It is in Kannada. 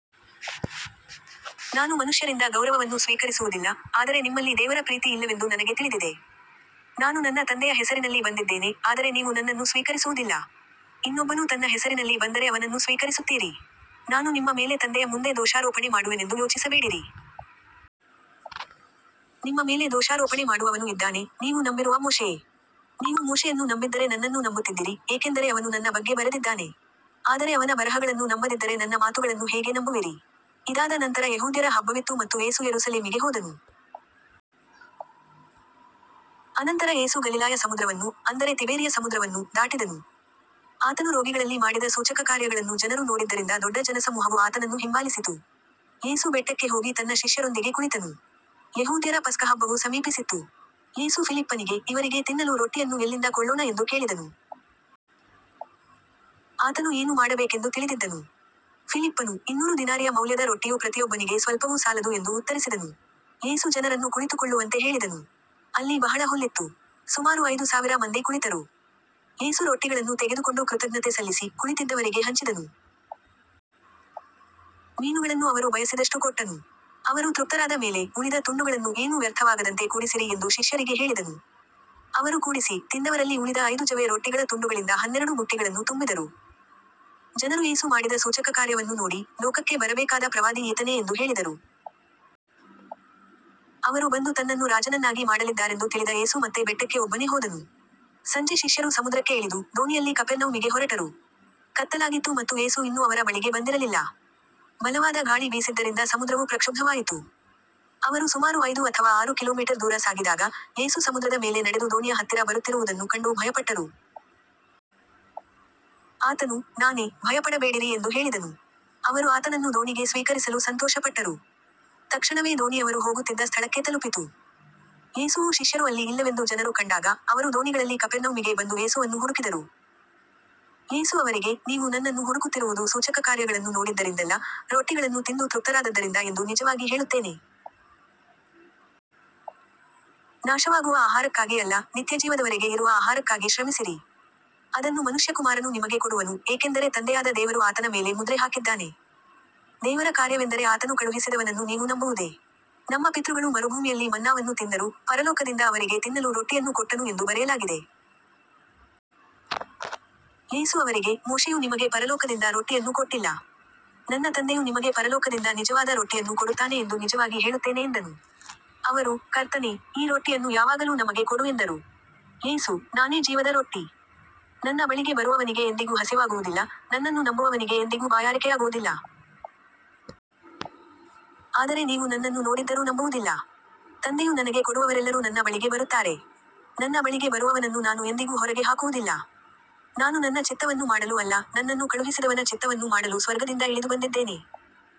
ನಾನು ಮನುಷ್ಯರಿಂದ ಗೌರವವನ್ನು ಸ್ವೀಕರಿಸುವುದಿಲ್ಲ, ಆದರೆ ನಿಮ್ಮಲ್ಲಿ ದೇವರ ಪ್ರೀತಿ ಇಲ್ಲವೆಂದು ನನಗೆ ತಿಳಿದಿದೆ. ನಾನು ನನ್ನ ತಂದೆಯ ಹೆಸರಿನಲ್ಲಿ ಬಂದಿದ್ದೇನೆ, ಆದರೆ ನೀವು ನನ್ನನ್ನು ಸ್ವೀಕರಿಸುವುದಿಲ್ಲ. ಇನ್ನೊಬ್ಬನು ತನ್ನ ಹೆಸರಿನಲ್ಲಿ ಬಂದರೆ ಅವನನ್ನು ಸ್ವೀಕರಿಸುತ್ತೀರಿ. ನಾನು ನಿಮ್ಮ ಮೇಲೆ ತಂದೆಯ ಮುಂದೆ ದೋಷಾರೋಪಣೆ ಮಾಡುವೆನೆಂದು ಯೋಚಿಸಬೇಡಿರಿ. ನಿಮ್ಮ ಮೇಲೆ ದೋಷಾರೋಪಣೆ ಮಾಡುವವನು ಇದ್ದಾನೆ, ನೀವು ನಂಬಿರುವ ಮೋಶೆಯೇ. ನೀವು ಮೋಶೆಯನ್ನು ನಂಬಿದ್ದರೆ ನನ್ನನ್ನೂ ನಂಬುತ್ತಿದ್ದಿರಿ, ಏಕೆಂದರೆ ಅವನು ನನ್ನ ಬಗ್ಗೆ ಬರೆದಿದ್ದಾನೆ. ಆದರೆ ಅವನ ಬರಹಗಳನ್ನು ನಂಬದಿದ್ದರೆ ನನ್ನ ಮಾತುಗಳನ್ನು ಹೇಗೆ ನಂಬುವಿರಿ. ಇದಾದ ನಂತರ ಯೆಹೂದ್ಯರ ಹಬ್ಬವಿತ್ತು ಮತ್ತು ಯೇಸು ಯೆರೂಸಲೇಮಿಗೆ ಹೋದನು. ಅನಂತರ ಯೇಸು ಗಲಿಲಾಯ ಸಮುದ್ರವನ್ನು, ಅಂದರೆ ತಿಬೇರಿಯ ಸಮುದ್ರವನ್ನು, ದಾಟಿದನು. ಆತನು ರೋಗಿಗಳಲ್ಲಿ ಮಾಡಿದ ಸೂಚಕಕಾರ್ಯಗಳನ್ನು ಜನರು ನೋಡಿದ್ದರಿಂದ ದೊಡ್ಡ ಜನಸಮೂಹವು ಆತನನ್ನು ಹಿಂಬಾಲಿಸಿತು. ಯೇಸು ಬೆಟ್ಟಕ್ಕೆ ಹೋಗಿ ತನ್ನ ಶಿಷ್ಯರೊಂದಿಗೆ ಕುಳಿತನು. ಯೆಹೂದ್ಯರ ಪಸ್ಕಹಬ್ಬವು ಸಮೀಪಿಸಿತ್ತು. ಯೇಸು ಫಿಲಿಪ್ಪನಿಗೆ, ಇವರಿಗೆ ತಿನ್ನಲು ರೊಟ್ಟಿಯನ್ನು ಎಲ್ಲಿಂದ ಕೊಳ್ಳೋಣ ಎಂದು ಕೇಳಿದನು. ಆತನು ಏನು ಮಾಡಬೇಕೆಂದು ತಿಳಿದಿದ್ದನು. ಫಿಲಿಪ್ಪನು, ಇನ್ನೂರು ದಿನಾರಿಯ ಮೌಲ್ಯದ ರೊಟ್ಟಿಯೂ ಪ್ರತಿಯೊಬ್ಬನಿಗೆ ಸ್ವಲ್ಪವೂ ಸಾಲದು ಎಂದು ಉತ್ತರಿಸಿದನು. ಯೇಸು ಜನರನ್ನು ಕುಳಿತುಕೊಳ್ಳುವಂತೆ ಹೇಳಿದನು. ಅಲ್ಲಿ ಬಹಳ ಹುಲ್ಲಿತ್ತು. ಸುಮಾರು ಐದು ಸಾವಿರ ಮಂದಿ ಕುಳಿತರು. ಯೇಸು ರೊಟ್ಟಿಗಳನ್ನು ತೆಗೆದುಕೊಂಡು ಕೃತಜ್ಞತೆ ಸಲ್ಲಿಸಿ, ಕುಳಿತಿದ್ದವರಿಗೆ ಹಂಚಿದನು. ಮೀನುಗಳನ್ನೂ ಅವರು ಬಯಸಿದಷ್ಟು ಕೊಟ್ಟನು. ಅವರು ತೃಪ್ತರಾದ ಮೇಲೆ, ಉಳಿದ ತುಂಡುಗಳನ್ನು ಏನೂ ವ್ಯರ್ಥವಾಗದಂತೆ ಕೂಡಿಸಿರಿ ಎಂದು ಶಿಷ್ಯರಿಗೆ ಹೇಳಿದನು. ಅವರು ಕೂಡಿಸಿ, ತಿಂದವರಲ್ಲಿ ಉಳಿದ ಐದು ಜವೆ ರೊಟ್ಟಿಗಳ ತುಂಡುಗಳಿಂದ ಹನ್ನೆರಡು ಬುಟ್ಟಿಗಳನ್ನು ತುಂಬಿದರು. ಜನರು ಯೇಸು ಮಾಡಿದ ಸೂಚಕಕಾರ್ಯವನ್ನು ನೋಡಿ, ಲೋಕಕ್ಕೆ ಬರಬೇಕಾದ ಪ್ರವಾದಿ ಈತನೇ ಎಂದು ಹೇಳಿದರು. ಅವರು ಬಂದು ತನ್ನನ್ನು ರಾಜನನ್ನಾಗಿ ಮಾಡಲಿದ್ದಾರೆಂದು ತಿಳಿದ ಯೇಸು ಮತ್ತೆ ಬೆಟ್ಟಕ್ಕೆ ಒಬ್ಬನೇ ಹೋದನು. ಸಂಜೆ ಶಿಷ್ಯರು ಸಮುದ್ರಕ್ಕೆ ಇಳಿದು, ದೋಣಿಯಲ್ಲಿ ಕಪೆರ್ನೌಮಿಗೆ ಹೊರಟರು. ಕತ್ತಲಾಗಿತ್ತು ಮತ್ತು ಯೇಸು ಇನ್ನೂ ಅವರ ಬಳಿಗೆ ಬಂದಿರಲಿಲ್ಲ. ಬಲವಾದ ಗಾಳಿ ಬೀಸಿದ್ದರಿಂದ ಸಮುದ್ರವು ಪ್ರಕ್ಷುಬ್ಧವಾಯಿತು. ಅವರು ಸುಮಾರು ಐದು ಅಥವಾ ಆರು ಕಿಲೋಮೀಟರ್ ದೂರ ಸಾಗಿದಾಗ, ಯೇಸು ಸಮುದ್ರದ ಮೇಲೆ ನಡೆದು ದೋಣಿಯ ಹತ್ತಿರ ಬರುತ್ತಿರುವುದನ್ನು ಕಂಡು ಭಯಪಟ್ಟರು. ಆತನು, ನಾನೇ, ಭಯಪಡಬೇಡಿರಿ ಎಂದು ಹೇಳಿದನು. ಅವರು ಆತನನ್ನು ದೋಣಿಗೆ ಸ್ವೀಕರಿಸಲು ಸಂತೋಷಪಟ್ಟರು. ತಕ್ಷಣವೇ ದೋಣಿ ಅವರು ಹೋಗುತ್ತಿದ್ದ ಸ್ಥಳಕ್ಕೆ ತಲುಪಿತು. ಯೇಸುವೂ ಶಿಷ್ಯರೂ ಅಲ್ಲಿ ಇಲ್ಲವೆಂದು ಜನರು ಕಂಡಾಗ, ಅವರು ದೋಣಿಗಳಲ್ಲಿ ಕಪೆರ್ನೌಮಿಗೆ ಬಂದು ಯೇಸುವನ್ನು ಹುಡುಕಿದರು. ಯೇಸು ಅವರಿಗೆ, ನೀವು ನನ್ನನ್ನು ಹುಡುಕುತ್ತಿರುವುದು ಸೂಚಕಕಾರ್ಯಗಳನ್ನು ನೋಡಿದ್ದರಿಂದಲ್ಲ, ರೊಟ್ಟಿಗಳನ್ನು ತಿಂದು ತೃಪ್ತರಾದದ್ದರಿಂದ ಎಂದು ನಿಜವಾಗಿ ಹೇಳುತ್ತೇನೆ. ನಾಶವಾಗುವ ಆಹಾರಕ್ಕಾಗಿ ಅಲ್ಲ, ನಿತ್ಯಜೀವದವರೆಗೆ ಇರುವ ಆಹಾರಕ್ಕಾಗಿ ಶ್ರಮಿಸಿರಿ. ಅದನ್ನು ಮನುಷ್ಯಕುಮಾರನು ನಿಮಗೆ ಕೊಡುವನು, ಏಕೆಂದರೆ ತಂದೆಯಾದ ದೇವರು ಆತನ ಮೇಲೆ ಮುದ್ರೆ ಹಾಕಿದ್ದಾನೆ. ದೇವರ ಕಾರ್ಯವೆಂದರೆ ಆತನು ಕಳುಹಿಸಿದವನನ್ನು ನೀವು ನಂಬುವುದೇ. ನಮ್ಮ ಪಿತೃಗಳು ಮರುಭೂಮಿಯಲ್ಲಿ ಮನ್ನಾವನ್ನು ತಿಂದರು, ಪರಲೋಕದಿಂದ ಅವರಿಗೆ ತಿನ್ನಲು ರೊಟ್ಟಿಯನ್ನು ಕೊಟ್ಟನು ಎಂದು ಬರೆಯಲಾಗಿದೆ. ಯೇಸು ಅವರಿಗೆ, ಮೋಶೆಯು ನಿಮಗೆ ಪರಲೋಕದಿಂದ ರೊಟ್ಟಿಯನ್ನು ಕೊಟ್ಟಿಲ್ಲ. ನನ್ನ ತಂದೆಯು ನಿಮಗೆ ಪರಲೋಕದಿಂದ ನಿಜವಾದ ರೊಟ್ಟಿಯನ್ನು ಕೊಡುತ್ತಾನೆ ಎಂದು ನಿಜವಾಗಿ ಹೇಳುತ್ತೇನೆ ಎಂದನು. ಅವರು, ಕರ್ತನೇ, ಈ ರೊಟ್ಟಿಯನ್ನು ಯಾವಾಗಲೂ ನಮಗೆ ಕೊಡು ಎಂದರು. ಯೇಸು, ನಾನೇ ಜೀವದ ರೊಟ್ಟಿ. ನನ್ನ ಬಳಿಗೆ ಬರುವವನಿಗೆ ಎಂದಿಗೂ ಹಸಿವಾಗುವುದಿಲ್ಲ, ನನ್ನನ್ನು ನಂಬುವವನಿಗೆ ಎಂದಿಗೂ ಬಾಯಾರಿಕೆಯಾಗುವುದಿಲ್ಲ. ಆದರೆ ನೀವು ನನ್ನನ್ನು ನೋಡಿದ್ದರೂ ನಂಬುವುದಿಲ್ಲ. ತಂದೆಯು ನನಗೆ ಕೊಡುವವರೆಲ್ಲರೂ ನನ್ನ ಬಳಿಗೆ ಬರುತ್ತಾರೆ. ನನ್ನ ಬಳಿಗೆ ಬರುವವನನ್ನು ನಾನು ಎಂದಿಗೂ ಹೊರಗೆ ಹಾಕುವುದಿಲ್ಲ. ನಾನು ನನ್ನ ಚಿತ್ತವನ್ನು ಮಾಡಲು ಅಲ್ಲ, ನನ್ನನ್ನು ಕಳುಹಿಸಿದವನ ಚಿತ್ತವನ್ನು ಮಾಡಲು ಸ್ವರ್ಗದಿಂದ ಇಳಿದುಬಂದಿದ್ದೇನೆ.